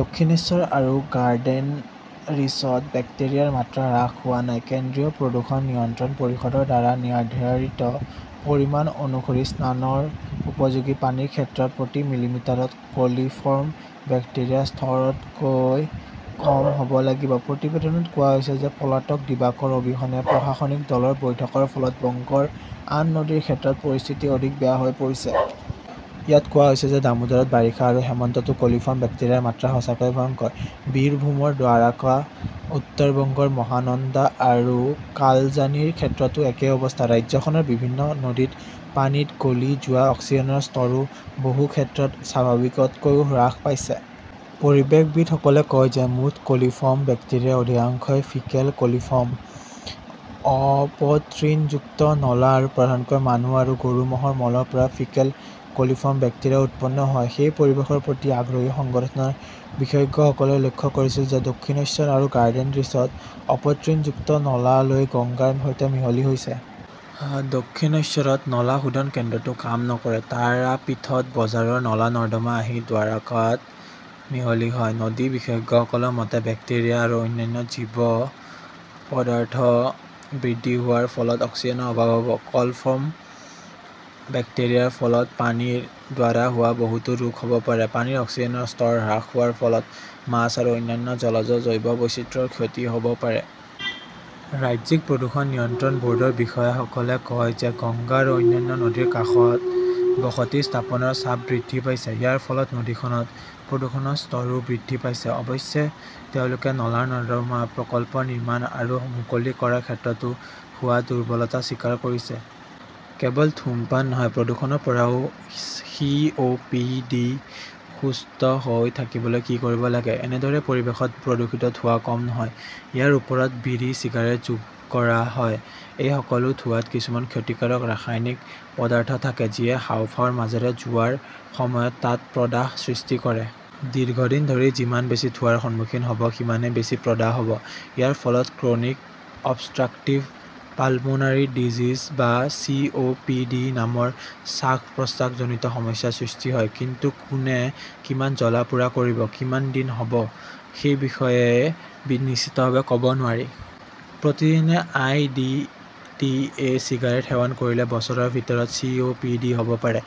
দক্ষিণেশ্বৰ আৰু গাৰ্ডেনৰিছত বেক্টেৰিয়াৰ মাত্ৰা হ্ৰাস হোৱা নাই। কেন্দ্ৰীয় প্ৰদূষণ নিয়ন্ত্ৰণ পৰিষদৰ দ্বাৰা নিৰ্ধাৰিত পৰিমাণ অনুসৰি স্নানৰ উপযোগী পানীৰ ক্ষেত্ৰত প্ৰতি মিলিলিটাৰত কলিফৰ্ম বেক্টেৰিয়াৰ স্তৰ তকৈ কম হ 'ব লাগিব। প্ৰতিবেদনত কোৱা হৈছে যে পলাতক দিবাকৰ অবিহনে প্ৰশাসনিক-দলৰ বৈঠকৰ ফলত বংগৰ আন নদীৰ ক্ষেত্ৰত পৰিস্থিতি অধিক বেয়া হৈ পৰিছে। ইয়াত কোৱা হৈছে যে দামোদৰত বাৰিষা আৰু হেমন্ততো কলিফৰ্ম বেক্টেৰিয়াৰ মাত্ৰা সঁচাকৈয়ে ভয়ংকৰ। বীৰভূমৰ দ্বাৰকা, উত্তৰ বংগৰ মহানন্দা আৰু কালজানিৰ ক্ষেত্ৰতো একেই অৱস্থা। ৰাজ্যখনৰ বিভিন্ন নদীত পানীত গলি যোৱা অক্সিজেনৰ স্তৰো বহু ক্ষেত্ৰত স্বাভাৱিকতকৈ হ্ৰাস পাইছে। পৰিৱেশবিদসকলে কয় যে মুঠ কলিফৰ্ম বেক্টেৰিয়াৰ অধিকাংশই ফিকেল কলিফৰ্ম। অপতৃণযুক্ত নলা আৰু প্ৰধানকৈ মানুহ আৰু গৰু-মহৰ মলৰ পৰা ফিকেল কলিফৰ্ম বেক্টেৰিয়া উৎপন্ন হয়। সেই পৰিৱেশৰ প্ৰতি আগ্ৰহী সংগঠনৰ বিশেষজ্ঞসকলেও লক্ষ্য কৰিছিল যে দক্ষিণশ্বৰ আৰু গাৰ্ডেনৰিছত অপতৃণযুক্ত নলা গৈ গংগাৰ সৈতে মিহলি হৈছে। দক্ষিণশ্বৰত নলা শোধন কেন্দ্ৰটো কাম নকৰে। তাৰাপীঠত বজাৰৰ নলা-নৰ্দমা আহি দ্বাৰকাত মিহলি হয়। নদী-বিশেষজ্ঞসকলৰ মতে, বেক্টেৰিয়া আৰু অন্যান্য জৈৱ পদাৰ্থ বৃদ্ধি হোৱাৰ ফলত অক্সিজেনৰ অভাৱ হব। কলফৰ্ম বেক্টেৰিয়াৰ ফলত পানীৰ দ্বাৰা হোৱা বহুতো ৰোগ হব পাৰে, পানীৰ অক্সিজেনৰ স্তৰ হ্ৰাস হোৱাৰ ফলত মাছ আৰু অন্যান্য জলজ জৈৱ বৈচিত্ৰ্যৰ ক্ষতি হব পাৰে। ৰাজ্যিক প্ৰদূষণ নিয়ন্ত্ৰণ বৰ্ডৰ বিষয়াসকলে কয় যে গংগা আৰু অন্যান্য নদীৰ কাষত বসতি স্থাপনৰ চাপ বৃদ্ধি পাইছে। ইয়াৰ ফলত নদীখনত প্ৰদূষণৰ স্তৰও বৃদ্ধি পাইছে। অৱশ্যে, তেওঁলোকে নলা-নৰ্দমা প্ৰকল্প নিৰ্মাণ আৰু মুকলি কৰাৰ ক্ষেত্ৰতো হোৱা দুৰ্বলতা স্বীকাৰ কৰিছে। কেৱল ধূমপান নহয়, প্ৰদূষণৰ পৰাও সি. ও. পি. ডি., সুস্থ হৈ থাকিবলৈ কি কৰিব লাগে? এনেদৰেই পৰিৱেশত প্ৰদূষিত ধোঁৱা কম নহয়, ইয়াৰ ওপৰত বিড়ি-চিগাৰেট যোগ কৰা হয়। এই সকলো ধোঁৱাত কিছুমান ক্ষতিকাৰক ৰাসায়নিক পদাৰ্থ থাকে যিয়ে হাঁওফাঁওৰ মাজেৰে যোৱাৰ সময়ত তাত প্ৰদাহ সৃষ্টি কৰে। দীৰ্ঘদিন ধৰি, যিমান বেছি ধোঁৱাৰ সন্মুখীন হব, সিমানেই বেছি প্ৰদাহ হব। ইয়াৰ ফলত 'ক্ৰনিক অবষ্ট্ৰাকটিভ পালমোনৰী ডিজিজ বা চি. ও. পি. ডি. নামৰ শ্বাস-প্ৰশ্বাসজনিত সমস্যাৰ সৃষ্টি হয়। কিন্তু কোনে কিমান জ্বলা-পোৰা কৰিব, কিমান দিন হব সেই বিষয়ে নিশ্চিতভাৱে কব নোৱাৰি। প্ৰতিদিনে I. D. T. A. Cigarette সেৱন কৰিলে বছৰৰ ভিতৰত চি. ও. পি. ডি. হ 'ব পাৰে।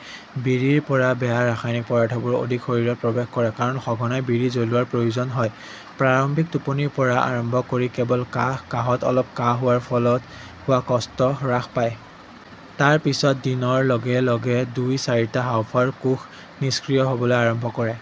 বিড়িৰ পৰা বেয়া ৰাসায়নিক পদাৰ্থবোৰ অধিক শৰীৰত প্ৰৱেশ কৰে কাৰণ সঘনাই বিড়ি জ্বলোৱাৰ প্ৰয়োজন হয়। প্ৰাৰম্ভিক টোপনিৰ পৰা আৰম্ভ কৰি কেৱল কাহ, কাহত অলপ কাহ হোৱাৰ ফলত হোৱা কষ্ট হ্ৰাস পায়। তাৰ পিছত দিনৰ লগে লগে দুই-চাৰিটা হাঁওফাঁওৰ কোষ নিষ্ক্ৰিয় হবলৈ আৰম্ভ কৰে।